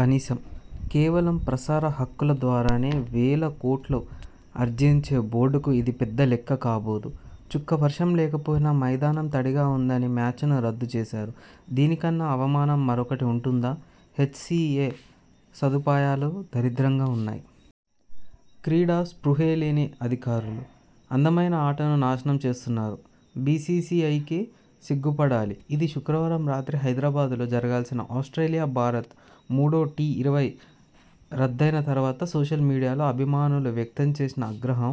కనీసం.. కేవలం ప్రసార హక్కుల ద్వారానే వేల కోట్లు అర్జించే బోర్డుకు ఇది పెద్ద లెక్క కాబోదు..!. 'చుక్క వర్షం లేకపోయినా మైదానం తడిగా ఉందని మ్యాచ్ను రద్దు చేశారు. దీనికన్నా అవమానం మరొకటి ఉంటుందా? ' 'హెచ్ సి ఏ సదుపాయాలు దరిద్రంగా ఉన్నా యి. క్రీడా స్పృహే లేని అధికారులు.. అందమైన ఆటను నాశనం చేస్తున్నారు. బీ సీ సీ ఐ కి సిగ్గుపడాలి'. ఇది.. శుక్రవారం రాత్రి హైదరాబాద్లో జరగాల్సిన ఆస్ట్రేలియా-భారత్ మూడో టీ-ఇరవై రద్దయిన తర్వాత సోషల్ మీడియాలో అభిమానులు వ్యక్తం చేసిన ఆగ్రహం..!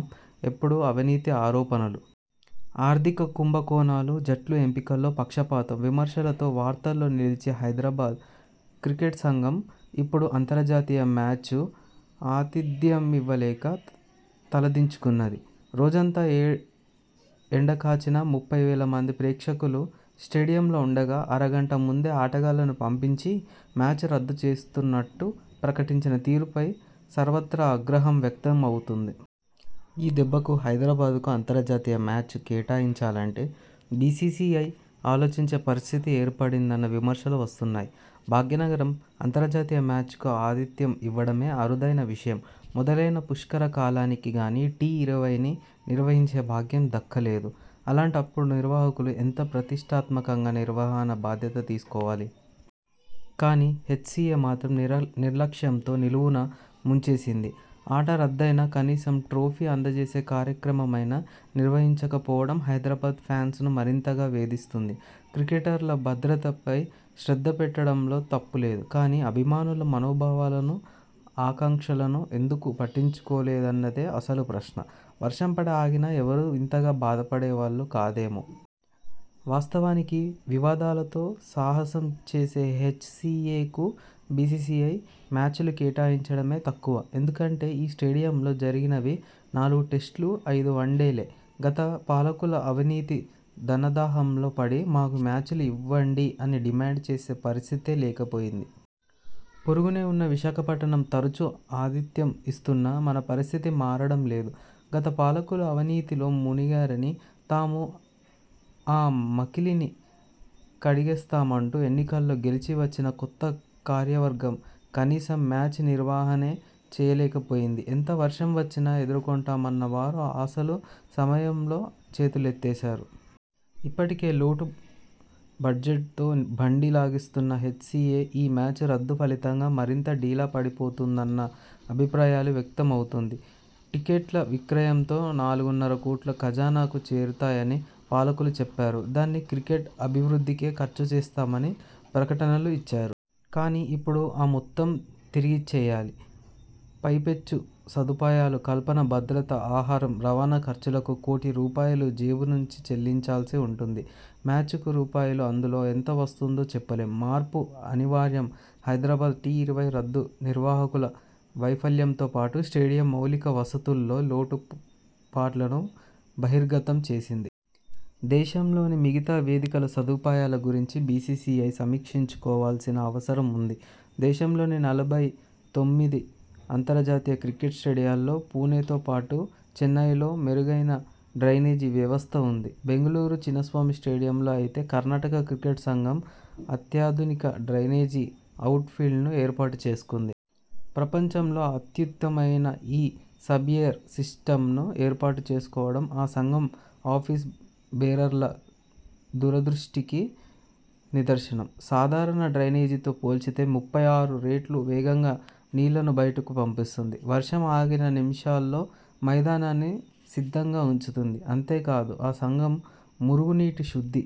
ఎప్పుడూ అవినీతి ఆరోపణలు.. ఆర్థిక కుంభకోణాలు.. జట్లు ఎంపికలో పక్షపాతం విమర్శలతో వార్తల్లో నిలిచే హైదరాబాద్ క్రికెట్ సంఘం ఇప్పుడు అంతర్జాతీయ మ్యాచూ ఆతిథ్యమివ్వలేక తలదించుకున్నది..! రోజంతా ఎ ఎండకాచినా.. ముప్పై వేల మంది ప్రేక్షకులు స్టేడియంలో ఉండగా, అరగంట ముందే ఆటగాళ్లను పంపించి, మ్యాచ్ రద్దు చేస్తున్నట్టు ప్రకటించిన తీరుపై సర్వత్రా ఆగ్రహం వ్యక్తం అవుతోంది..! ఈ దెబ్బకు హైదరాబాద్కు అంతర్జాతీయ మ్యాచ్ కేటాయించాలంటే బీ సీ సీ ఐ ఆలోచించే పరిస్థితి ఏర్పడిందన్న విమర్శలు వస్తున్నాయి..! భాగ్యనగరం అంతర్జాతీయ మ్యాచ్కు ఆతిథ్యం ఇవ్వడమే అరుదైన విషయం. మొదలైన పుష్కర కాలానికి గానీ టీ-ఇరవైని నిర్వహించే భాగ్యం దక్కలేదు. అలాంటప్పుడు నిర్వాహకులు ఎంత ప్రతిష్టాత్మకంగా నిర్వహణ బాధ్యత తీసుకోవాలి. కానీ, హెచ్సీఏ మాత్రం నిరల్ నిర్లక్ష్యంతో నిలువునా ముంచేసింది. ఆట రద్దయినా, కనీసం ట్రోఫీ అందజేసే కార్యక్రమమైనా నిర్వహించకపోవడం హైదరాబాద్ ఫ్యాన్స్ ను మరింతగా వేధిస్తోంది. క్రికెటర్ల భద్రతపై శ్రద్ధ పెట్టడం లో తప్పులేదు కానీ, అభిమానుల మనోభావాలను, ఆకాంక్షలను ఎందుకు పట్టించుకోలేదన్నదే అసలు ప్రశ్న.! వర్షం పడి ఆగినా ఎవరూ ఇంతగా బాధపడేవాళ్లు కాదేమో! వాస్తవానికి వివాదాలతో సావాసం చేసే హెచ్ సి ఏ కు బీ సీ సీ ఐ మ్యాచ్లు కేటాయించడమే తక్కువ. ఎందుకంటే ఈ స్టేడియంలో జరిగినవి నాలుగు టెస్టులు, ఐదు వన్డేలే.! గత పాలకుల అవినీతి ధనదాహంలో పడి మాకు మ్యాచ్లు ఇవ్వండి అని డిమాండ్ చేసే పరిస్థితే లేకపోయింది. పొరుగునే ఉన్న విశాఖపట్టణం తరచూ ఆతిథ్యం ఇస్తున్నా, మన పరిస్థితి మారడం లేదు. గత పాలకులు అవినీతిలో మునిగారని, తాము ఆ మకిలిని కడిగేస్తామంటూ ఎన్నికల్లో గెలిచి వచ్చిన కొత్త కార్యవర్గం కనీసం మ్యాచ్ నిర్వహణనే చేయలేకపోయింది. ఎంత వర్షం వచ్చినా ఎదుర్కొంటామన్న వారు అసలు సమయంలో చేతులెత్తేశారు. ఇప్పటికే లోటు బడ్జెట్తో బండి లాగిస్తున్న హెచ్ సి ఏ ఈ మ్యాచ్ రద్దు ఫలితంగా మరింత డీలా పడిపోతుందన్న అభిప్రాయాలు వ్యక్తం అవుతోంది. టిక్కెట్ల విక్రయంతో నాలుగున్నర కోట్లు ఖజానాకు చేరుతాయని పాలకులు చెప్పారు. దాన్ని క్రికెట్ అభివృద్ధికే ఖర్చు చేస్తామని ప్రకటనలూ ఇచ్చారు. కానీ, ఇప్పుడు ఆ మొత్తం తిరిగిచ్చేయాలి. పైపెచ్చు సదుపాయాల కల్పన, భద్రత, ఆహారం, రవాణా ఖర్చులకు కోటి రూపాయాలు జేబు నుంచి చెల్లించాల్సి ఉంటుంది. మ్యాచ్కు రూపాయలు. అందులో ఎంత వస్తుందో చెప్పలేం! మార్పు అనివార్యం హైదరాబాద్ టీ-ఇరవై రద్దు నిర్వాహకుల వైఫల్యంతోపాటు స్టేడియం మౌలిక వసతుల్లో లోటు పాట్లను బహిర్గతం చేసింది. దేశంలోని మిగతా వేదికల సదుపాయాల గురించి బీ సీ సీ ఐ సమీక్షించుకోవాల్సిన అవసరం ఉంది. దేశంలోని నలభై తొమ్మిది అంతర్జాతీయ క్రికెట్ స్టేడియాల్లో పుణెతో పాటు చెన్నైల్లో మెరుగైన డ్రైనేజీ వ్యవస్థ ఉంది. బెంగళూరు చిన్నస్వామి స్టేడియంలో అయితే కర్ణాటక క్రికెట్ సంఘం అత్యాధునిక డ్రైనేజీ, అవుట్ ఫీల్డ్ను ఏర్పాటు చేసుకుంది. ప్రపంచంలో అత్యుత్తమమైన ఈ సబ్ఎయిర్ సిస్టమ్ను ఏర్పాటు చేసుకోవడం ఆ సంఘం ఆఫీస్ బేరర్ల దూరదృష్టికి నిదర్శనం. సాధారణ డ్రైనేజీతో పోల్చితే ముప్పై ఆరు రెట్లు వేగంగా నీళ్లను బయటకు పంపిస్తుంది. వర్షం ఆగిన నిమిషాల్లో మైదానాన్ని సిద్ధంగా ఉంచుతుంది. అంతేకాదు ఆ సంఘం మురుగు నీటి శుద్ది